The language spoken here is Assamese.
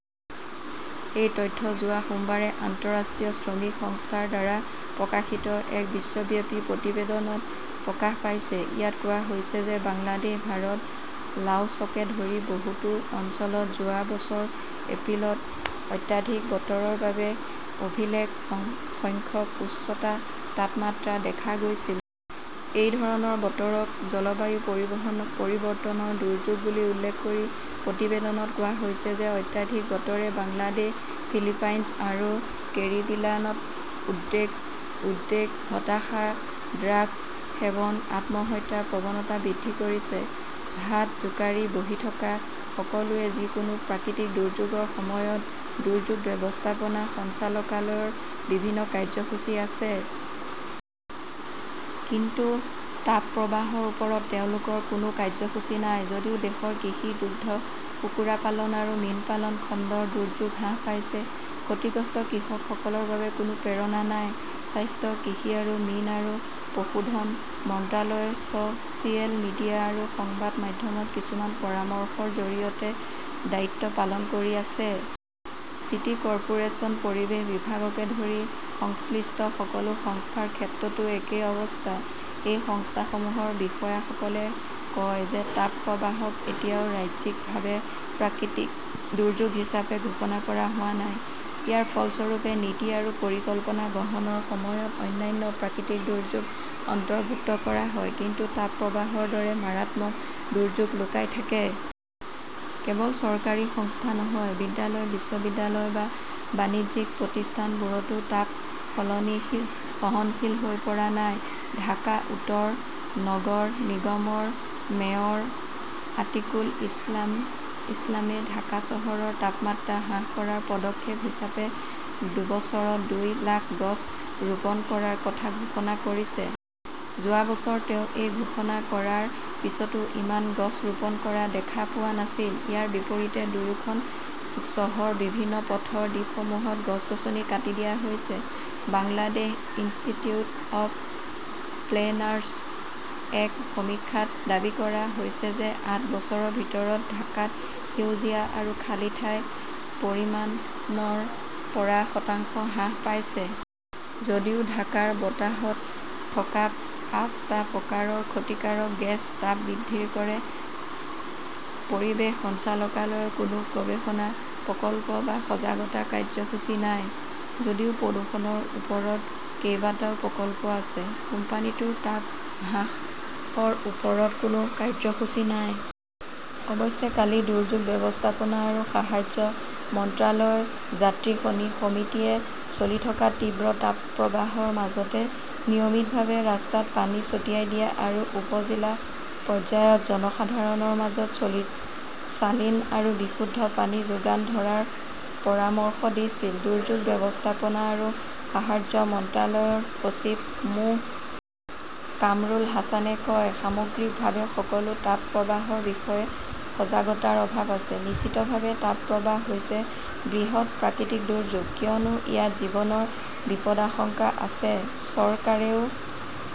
এই তথ্য যোৱা সোমবাৰে আন্তঃৰাষ্ট্ৰীয় শ্ৰমিক সংস্থা ৰ দ্বাৰা প্ৰকাশিত এক বিশ্বব্যাপী প্ৰতিবেদনত প্ৰকাশ পাইছে। ইয়াত কোৱা হৈছে যে বাংলাদেশ, ভাৰত, লাওছকে ধৰি বহুতো অঞ্চলত যোৱা বছৰৰ এপ্ৰিলত অত্যাধিক বতৰৰ বাবে অভিলেখ সংখ্যক উচ্চ তাপমাত্ৰা দেখা গৈছিল। এই ধৰণৰ বতৰক জলবায়ু পৰিৱৰ্তনৰ দুৰ্যোগ বুলি উল্লেখ কৰি প্ৰতিবেদনত কোৱা হৈছে যে অত্যাধিক বতৰে বাংলাদেশ, ফিলিপাইনছ আৰু কেৰিবিয়ানত উদ্বেগ, উদ্বেগ, হতাশা, ড্ৰাগছ সেৱন, আত্মহত্যাৰ প্ৰৱণতা বৃদ্ধি কৰিছে। হাত জোকাৰি বহি থকা সকলোৱে যিকোনো প্ৰাকৃতিক দুৰ্যোগৰ সময়ত দুৰ্যোগ ব্যৱস্থাপনা সঞ্চালকালয়ৰ বিভিন্ন কাৰ্যসূচী আছে। কিন্তু তাপপ্ৰবাহৰ ওপৰত তেওঁলোকৰ কোনো কাৰ্যসূচী নাই। যদিও দেশৰ কৃষি, দুগ্ধ, কুকুৰা পালন আৰু মীন পালন খণ্ডৰ দুৰ্যোগ হ্ৰাস পাইছে, ক্ষতিগ্ৰস্ত কৃষকসকলৰ বাবে কোনো প্ৰেৰণা নাই। স্বাস্থ্য, কৃষি আৰু মীন আৰু পশুধন মন্ত্ৰালয়ে ছ "চিয়েল মিডিয়া আৰু সংবাদ মাধ্যমত কিছুমান পৰামৰ্শৰ জৰিয়তে দায়িত্ব পালন কৰি আছে। চিটি কৰ্পোৰেচন, পৰিৱেশ বিভাগকে ধৰি সংশ্লিষ্ট সকলো সংস্থাৰ ক্ষেত্ৰতো একেই অৱস্থা। এই সংস্থাসমূহৰ বিষয়াসকলে কয় যে তাপপ্ৰবাহক এতিয়াও ৰাজ্যিকভাৱে প্ৰাকৃতিক দুৰ্যোগ হিচাপে ঘোষণা কৰা হোৱা নাই। ইয়াৰ ফলস্বৰূপে নীতি আৰু পৰিকল্পনা গ্ৰহণৰ সময়ত অন্যান্য প্ৰাকৃতিক দুৰ্যোগ অন্তৰ্ভুক্ত কৰা হয়, কিন্তু তাপপ্ৰবাহৰ দৰে মাৰাত্মক দুৰ্যোগ লুকাই থাকে। কেৱল চৰকাৰী সংস্থা নহয়, বিদ্যালয়-বিশ্ববিদ্যালয় বা বাণিজ্যিক প্ৰতিষ্ঠানবোৰো তাপ-সহনশীল হৈ পৰা নাই। ঢাকা উত্তৰ নগৰ নিগমৰ মেয়ৰ অতীকুল ইছলামই ঢাকা চহৰৰ তাপমাত্ৰা হ্ৰাস কৰাৰ পদক্ষেপ হিচাপে দুবছৰত দুই লাখ গছ ৰোপণ কৰাৰ কথা ঘোষণা কৰিছে। যোৱা বছৰ তেওঁ এই ঘোষণা কৰাৰ পিছতো ইমান গছ ৰোপণ কৰা দেখা পোৱা নাছিল। ইয়াৰ বিপৰীতে দুয়োখন চহৰৰ বিভিন্ন পথৰ দ্বীপসমূহত গছ-গছনি কাটি দিয়া হৈছে। বাংলাদেশ ইনষ্টিটিউট অৱ প্লেনাৰ্ছৰ এক সমীক্ষাত দাবী কৰা হৈছে যে আঠ বছৰৰ ভিতৰত ঢাকাত সেউজীয়া আৰু খালী ঠাইৰ পৰিমাণ ৰ পৰা শতাংশ হ্ৰাস পাইছে। যদিও ঢাকাৰ বতাহত থকা পাঁচটা প্ৰকাৰৰ ক্ষতিকাৰক গেছই তাপ বৃদ্ধি কৰে, পৰিৱেশ সঞ্চালকালয়ৰ কোনো গৱেষণা, প্ৰকল্প বা সজাগতা কাৰ্যসূচী নাই। যদিও প্ৰদূষণৰ ওপৰত কেইবাটাও প্ৰকল্প আছে, কোম্পানীটোৰ তাপ হ্ৰাসৰ ওপৰত কোনো কাৰ্যসূচী নাই। অৱশ্যে, কালি দুৰ্যোগ ব্যৱস্থাপনা আৰু সাহায্য মন্ত্ৰালয়ৰ স্থায়ী সমিতিয়ে চলি থকা তীব্ৰ তাপপ্ৰবাহৰ মাজতে নিয়মিতভাৱে ৰাস্তাত পানী ছটিয়াই দিয়া আৰু উপ-জিলা পৰ্যায়ত জনসাধাৰণৰ মাজত চালিন আৰু বিশুদ্ধ পানী যোগান ধৰাৰ পৰামৰ্শ দিছিল। দুৰ্যোগ ব্যৱস্থাপনা আৰু সাহায্য মন্ত্ৰালয়ৰ সচিব মো. কামৰুল হাছানে কয়, "সামগ্ৰিকভাৱে সকলোৰে তাপপ্ৰবাহৰ বিষয়ে সজাগতাৰ অভাৱ আছে। নিশ্চিতভাৱে তাপপ্ৰবাহ হৈছে বৃহৎ প্ৰাকৃতিক দুৰ্যোগ। কিয়নো, ইয়াত জীৱনৰ বিপদাশংকা আছে। চৰকাৰেও